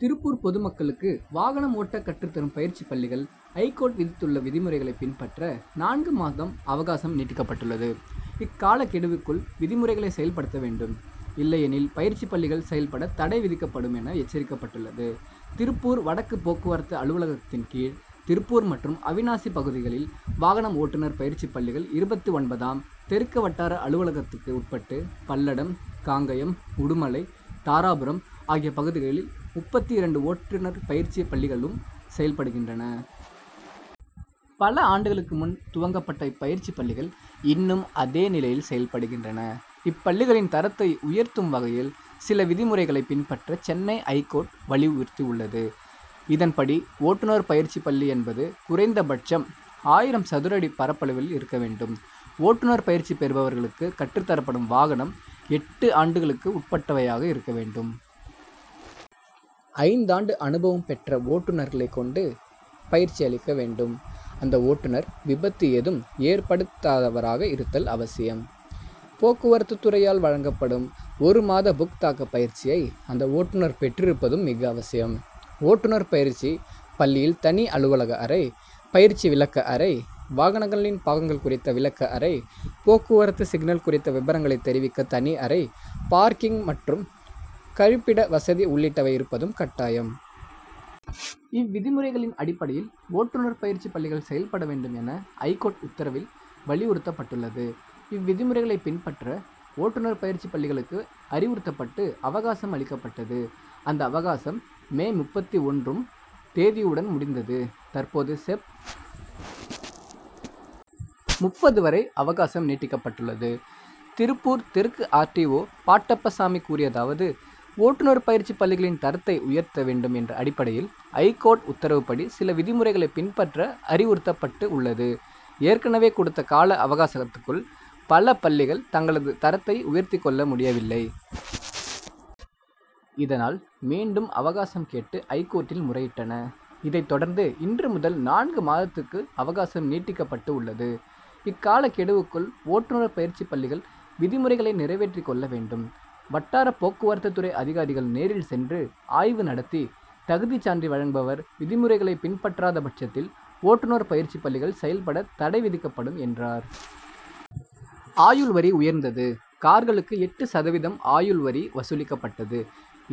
திருப்பூர் பொதுமக்களுக்கு வாகனம் ஓட்ட கற்றுத்தரும் பயிற்சி பள்ளிகள், ஐகோர்ட் விதித் துள்ள விதிமுறைகளை பின் பற்ற நான்கு மாதம் அவகாசம் நீட்டிக்கப்பட்டுள்ளது. இக் காலக்கெடுவுக்குள் விதி முறைகளை செயல்படுத்த வேண்டும். இல்லையெனில், பயிற்சி பள்ளிகள் செயல்பட தடை விதிக்கப்படும் என எச்சரிக்கப்பட்டுள்ளது. திருப்பூர் வடக்கு போக்கு வரத்து அலுவலகத்தின் கீழ் திருப்பூர் மற்றும் அவிநாசி பகுதிகளில் வாகனம் ஓட்டுனர் பயிற்சி பள்ளிகள் இருபத்து ஒன்பதாம், தெற்கு வட்டார அலுவலகத்துக்கு உட்பட்டு பல்லடம், காங்கயம், உடுமலை, தாராபுரம் ஆகிய பகுதிகளில் முப்பத்து இரண்டு ஓட்டுனர் பயிற்சி பள்ளிகளும் செயல்படுகின்றன. பல ஆண்டுகளுக்கு முன் துவங்கப்பட்ட இப்பயிற்சி பள்ளிகள், இன்னும் அதே நிலையில் செயல்படுகின்றன. இப்பள்ளிகளின் தரத்தை உயர்த்தும் வகையில், சில விதி முறைகளை பின்பற்ற சென்னை ஐகோர்ட் வலியுறுத்தி உள்ளது. இதன்படி, ஓட்டுனர் பயிற்சி பள்ளி என் பது குறைந்தபட்சம் ஆயிரம் சதுர அடி பரப்பளவில் இருக்க வேண் டும்; ஓட்டுனர் பயிற்சி பெறுபவர் களுக்கு கற்றுத்தரப்படும் வாக னம், எட்டு ஆண்டுகளுக்கு உட் பட்டவையாக இருக்க வேண்டும். ஐந்தாண்டு அனுபவம் பெற்ற ஓட்டுனர்களை கொண்டு, பயிற்சி அளிக்க வேண்டும். அந்த ஓட்டுனர், விபத்து ஏதும் ஏற்படுத் தாதவராக இருத்தல் அவசியம். போக்குவரத்து துறையால் வழங்கப்படும் ஒரு மாத புத் தாக்க பயிற்சியை அந்த ஓட்டுனர் பெற்றிருப்பதும் மிக அவசியம். ஓட்டுனர் பயிற்சி பள்ளியில் தனி அலுவலக அறை, பயிற்சி விளக்க அறை, வாகனங்களின் பாகங்கள் குறித்த விளக்க அறை, போக்குவரத்து சிக்னல் குறித்த விபரங்களை தெரிவிக்க தனி அறை, பார்க்கிங் மற்றும் கழிப்பிட வசதி உள்ளிட்டவை இருப்பதும் கட்டாயம். இவ்விதி முறைகளின் அடிப்படையில், ஓட்டுனர் பயிற்சி பள்ளிகள் செயல்பட வேண்டும் என, ஐகோர்ட் உத்தரவில் வலியுறுத்தப் பட்டுள்ளது. இவ்விதிமுறைகளை பின்பற்ற, ஓட்டுனர் பயிற்சி பள்ளி களுக்கு அறிவுறுத்தப்பட்டு, அவகாசம் அளிக்கப்பட்டது; அந்த அவகாசம், மே முப்பத்து ஒன்றும் தேதியுடன் முடிந்தது. தற்போது, செப்., முப்பது வரை அவகாசம் நீட்டிக்கப்பட்டுள்ளது. திருப்பூர் தெற்கு ஆர். டி. ஓ. பாட்டப்பசாமி கூறியதாவது ஓட்டுனர் பயிற்சி பள்ளிகளின் தரத்தை உயர்த்த வேண்டும் என்ற அடிப்படையில் ஐகோர்ட் உத்தரவுப் படி, சில விதிமுறைகளை பின் பற்ற அறிவுறுத்தப்பட்டு உள்ளது. ஏற்கனவே கொடுத்த கால அவகாசத்துக்குள் பல பள்ளிகள், தங்களது தரத்தை உயர்த்திக் கொள்ள முடியவில்லை. இதனால், மீண்டும் அவகாசம் கேட்டு ஐகோர்ட்டில் முறையிட்டன. இதைத்தொடர்ந்து இன்று முதல் நான்கு மாதத் துக்கு அவகாசம் நீட்டிக்கப்பட்டு உள்ளது. இக்கால கெடுவுக்குள் ஓட்டுனர் பயிற்சி பள்ளிகள் விதிமுறைகளை நிறைவேற்றிக் கொள்ள வேண்டும். வட்டார போக்குவரத்து துறை அதிகாரி கள் நேரில் சென்று ஆய்வு நடத்தி, தகுதி சான்று வழங்குவர், விதிமுறைகளை பின்பற்றாத பட்சத்தில், ஓட்டுனர் பயிற்சி பள்ளிகள் செயல்பட தடை விதிக்கப்படும், என்றார். ஆயுள் வரி உயர்ந்தது கார்களுக்கு எட்டு சதவீதம் ஆயுள் வரி வசூலிக்கப்பட்டது.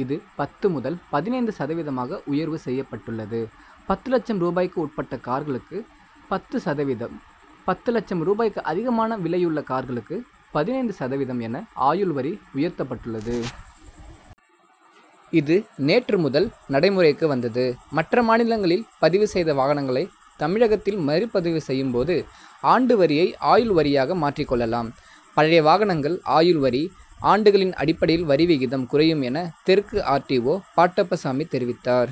இது, பத்து முதல் பதினைந்து சதவீதமாக உயர்வு செய்யப்பட்டுள்ளது. பத்து லட்சம் ரூபாய்க்கு உட்பட்ட கார்களுக்கு பத்து சத வீதம், பத்து லட்சம் ரூபாய்க்கு அதிகமான விலையுள்ள கார்களுக்கு பதினைந்து சதவீதம் என ஆயுள் வரி உயர்த்தப்பட் டுள்ளது. இது, நேற்று முதல் நடைமுறைக்கு வந்தது. மற்ற மாநிலங்களில் பதிவு செய்த வாகனங்களை, தமிழகத்தில் மறுபதிவு செய்யும் போது, ஆண்டு வரியை ஆயுள் வரியாக மாற்றிக் கொள்ள லாம். பழைய வாகனங்கள் ஆயுள் வரி, ஆண்டுகளின் அடிப்படையில் வரி விகிதம் குறையும் என தெற்கு ஆர். டி. ஓ. பாட்டப்பசாமி தெரிவித்தார்.